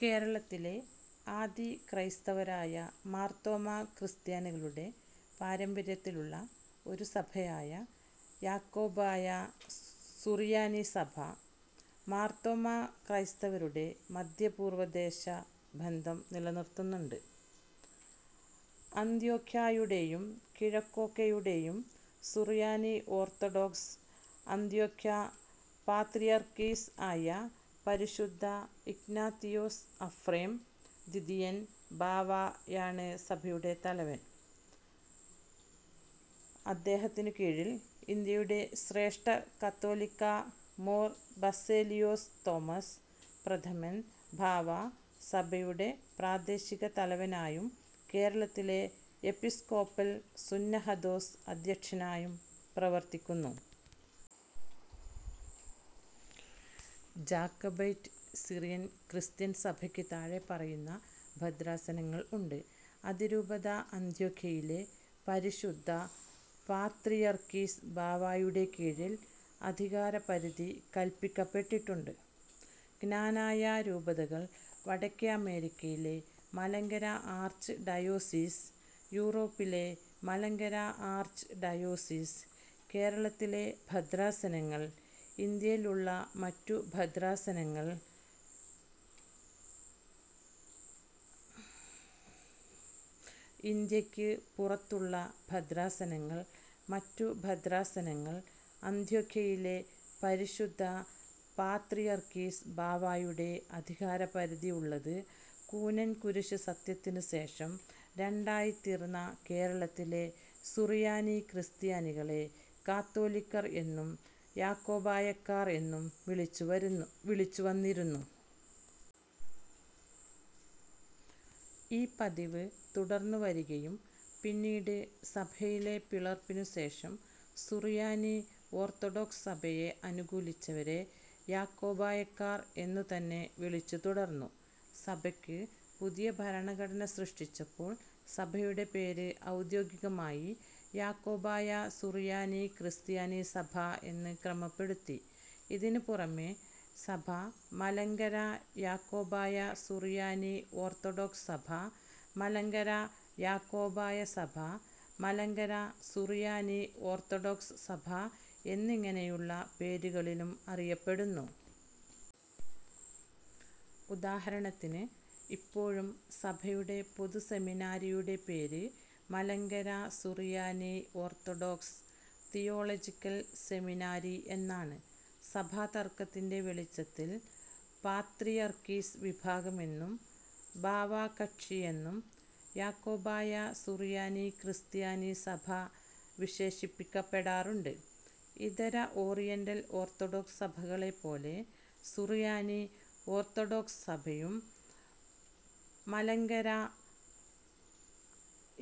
കേരളത്തിലെ ആദിക്രൈസ്തവരായ മാർത്തോമാ ക്രിസ്ത്യാനികളുടെ പാരമ്പര്യത്തിലുള്ള ഒരു സഭയായ യാക്കോബായ സുറിയാനി സഭ, മാർത്തോമാ ക്രൈസ്തവരുടെ മദ്ധ്യപൂർവ്വദേശ ബന്ധം നിലനിർത്തുന്നുണ്ട്. അന്ത്യോഖ്യായുടേയും കിഴക്കൊക്കെയുടേയും സുറിയാനി ഓർത്തഡോക്സ് അന്ത്യോഖ്യാ പാത്രിയർക്കീസ് ആയ പരിശുദ്ധ ഇഗ്നാത്തിയോസ് അഫ്രേം ദ്വിതിയൻ ബാവായാണ് സഭയുടെ തലവൻ. അദ്ദേഹത്തിനു കീഴിൽ ഇന്ത്യയുടെ ശ്രേഷ്ഠ കത്തോലിക്ക മോർ ബസേലിയോസ് തോമസ് പ്രഥമൻ ബാവാ സഭയുടെ പ്രാദേശിക തലവനായും കേരളത്തിലെ എപ്പിസ്കോപ്പൽ സുന്നഹദോസ് അദ്ധ്യക്ഷനായും പ്രവർത്തിക്കുന്നു. ജാക്കബൈറ്റ് സിറിയൻ ക്രിസ്ത്യൻ സഭയ്ക്ക് താഴെ പറയുന്ന ഭദ്രാസനങ്ങൾ ഉണ്ട്. അതിരൂപത അന്ത്യോഖ്യയിലെ പരിശുദ്ധ പാത്രീയർക്കീസ് ബാവായുടെ കീഴിൽ അധികാരപരിധി കൽപ്പിക്കപ്പെട്ടിട്ടുണ്ട്. ക്നാനായ രൂപതകൾ, വടക്കേ അമേരിക്കയിലെ മലങ്കര ആർച്ച് ഡയോസീസ്, യൂറോപ്പിലെ മലങ്കര ആർച്ച് ഡയോസീസ്, കേരളത്തിലെ ഭദ്രാസനങ്ങൾ, ഇന്ത്യയിൽ ഉള്ള മറ്റു ഭദ്രാസനങ്ങൾ, ഇന്ത്യയ്ക്ക് പുറത്തുള്ള ഭദ്രാസനങ്ങൾ, മറ്റ് ഭദ്രാസനങ്ങൾ. അന്ത്യോഖ്യയിലെ പരിശുദ്ധ പാത്രീയർക്കീസ് ബാവായുടെ അധികാരപരിധി ഉള്ളത് കൂനൻ കുരിശു സത്യത്തിനു ശേഷം രണ്ടായിത്തീർന്ന കേരളത്തിലെ സുറിയാനി ക്രിസ്ത്യാനികളെ കത്തോലിക്കർ എന്നും യാക്കോബായക്കാർ എന്നും വിളിച്ചുവന്നിരുന്നു. ഈ പതിവ് തുടർന്ന് വരികയും പിന്നീട് സഭയിലെ പിളർപ്പിനു ശേഷം സുറിയാനി ഓർത്തഡോക്സ് സഭയെ അനുകൂലിച്ചവരെ യാക്കോബായക്കാർ എന്ന് തന്നെ വിളിച്ച് തുടർന്നു. സഭയ്ക്ക് പുതിയ ഭരണഘടന സൃഷ്ടിച്ചപ്പോൾ സഭയുടെ പേര് ഔദ്യോഗികമായി യാക്കോബായ സുറിയാനി ക്രിസ്ത്യാനി സഭ എന്ന് ക്രമപ്പെടുത്തി. ഇതിനു പുറമെ സഭ മലങ്കര യാക്കോബായ സുറിയാനി ഓർത്തഡോക്സ് സഭ, മലങ്കര യാക്കോബായ സഭ, മലങ്കര സുറിയാനി ഓർത്തഡോക്സ് സഭ എന്നിങ്ങനെയുള്ള പേരുകളിലും അറിയപ്പെടുന്നു. ഉദാഹരണത്തിനു ഇപ്പോഴും സഭയുടെ പൊതു സെമിനാരിയുടെ പേര് Malankara Suriyani orthodox theological seminary എന്നാണ്. സഭാതർക്കത്തിൻ്റെ വെളിച്ചത്തിൽ പാത്രിയർക്കീസ് വിഭാഗം എന്നും ബാവാ കക്ഷി എന്നും യാക്കോബായ സുറിയാനി ക്രിസ്ത്യാനി സഭ വിശേഷിപ്പിക്കപ്പെടാറുണ്ട്. ഇതര ഓറിയൻ്റൽ ഓർത്തഡോക്സ് സഭകളെ പോലെ സുറിയാനി ഓർത്തഡോക്സ് സഭയും മലങ്കര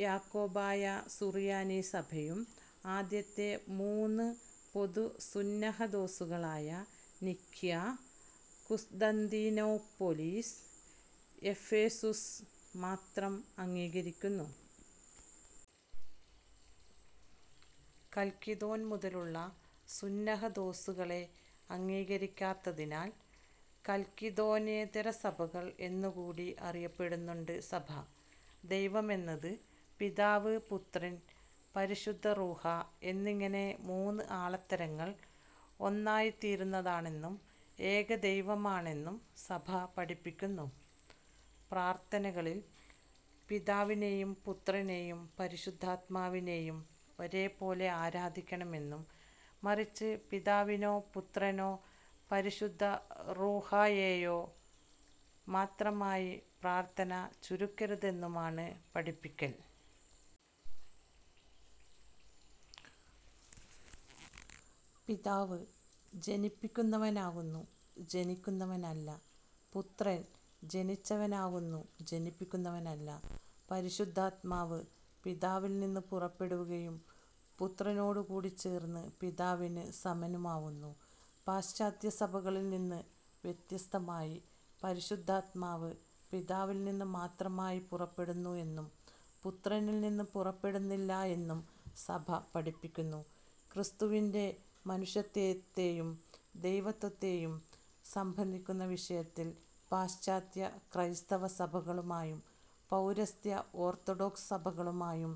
യാക്കോബായ സുറിയാനി സഭയും ആദ്യത്തെ മൂന്ന് പൊതു സുന്നഹദോസുകളായ നിഖ്യാ, കുസ്തന്തീനോപ്പൊലീസ്, എഫേസുസ് മാത്രം അംഗീകരിക്കുന്നു. കൽക്കിദോൻ മുതലുള്ള സുന്നഹദോസുകളെ അംഗീകരിക്കാത്തതിനാൽ കൽക്കിദോന്യേതര സഭകൾ എന്നുകൂടി അറിയപ്പെടുന്നുണ്ട് സഭ. ദൈവമെന്നത് പിതാവ് പുത്രൻ, പരിശുദ്ധ റൂഹാ എന്നിങ്ങനെ മൂന്ന് ആളത്തങ്ങൾ ഒന്നായി തീരുന്നതാണെന്നും ഏകദൈവമാണെന്നും സഭ പഠിപ്പിക്കുന്നു. പ്രാർത്ഥനകളിൽ പിതാവിനെയും പുത്രനെയും പരിശുദ്ധാത്മാവിനെയും ഒരേ പോലെ ആരാധിക്കണമെന്നും മറിച്ച് പിതാവിനോ പുത്രനോ പരിശുദ്ധ റൂഹായേയോ മാത്രമായി പ്രാർത്ഥന ചുരുക്കരുതെന്നുമാണ് പഠിപ്പിക്കൽ. "പിതാവ് ജനിപ്പിക്കുന്നവനാകുന്നു, ജനിക്കുന്നവനല്ല. പുത്രൻ ജനിച്ചവനാകുന്നു ജനിപ്പിക്കുന്നവനല്ല. പരിശുദ്ധാത്മാവ് പിതാവിൽ നിന്ന് പുറപ്പെടുകയും പുത്രനോടു കൂടി ചേർന്ന് പിതാവിനു സമനുമാവുന്നു. "പാശ്ചാത്യ സഭകളിൽ നിന്ന് വ്യത്യസ്തമായി പരിശുദ്ധാത്മാവ് പിതാവിൽ നിന്ന് മാത്രമായി പുറപ്പെടുന്നു എന്നും പുത്രനിൽ നിന്ന് പുറപ്പെടുന്നില്ല എന്നും സഭ പഠിപ്പിക്കുന്നു. ക്രിസ്തുവിൻ്റെ മനുഷ്യത്വത്തെയും ദൈവത്വത്തെയും സംബന്ധിക്കുന്ന വിഷയത്തിൽ പാശ്ചാത്യ ക്രൈസ്തവ സഭകളുമായും പൗരസ്ത്യ ഓർത്തഡോക്സ് സഭകളുമായും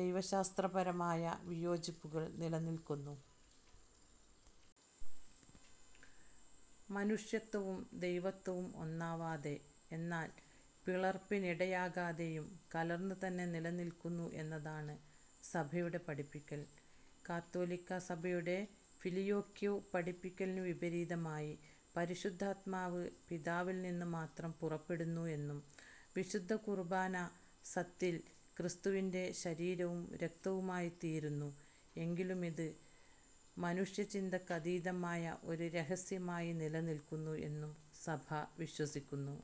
ദൈവശാസ്ത്രപരമായ വിയോജിപ്പുകൾ നിലനിൽക്കുന്നു. മനുഷ്യത്വവും ദൈവത്വവും ഒന്നാവാതെ എന്നാൽ പിളർപ്പിനിടയാകാതെയും കലർന്ന് തന്നെ നിലനിൽക്കുന്നു എന്നതാണ് സഭയുടെ പഠിപ്പിക്കൽ. കത്തോലിക്ക സഭയുടെ ഫിലിയോക്വി പഠിപ്പിക്കലിനു വിപരീതമായി പരിശുദ്ധാത്മാവ് പിതാവിൽ നിന്ന് മാത്രം പുറപ്പെടുന്നു എന്നും വിശുദ്ധ കുർബാന സത്തിൽ ക്രിസ്തുവിൻ്റെ ശരീരവും രക്തവുമായി തീരുന്നു എങ്കിലുമിത് മനുഷ്യചിന്തക്കതീതമായ ഒരു രഹസ്യമായി നിലനിൽക്കുന്നു എന്നും സഭ വിശ്വസിക്കുന്നു.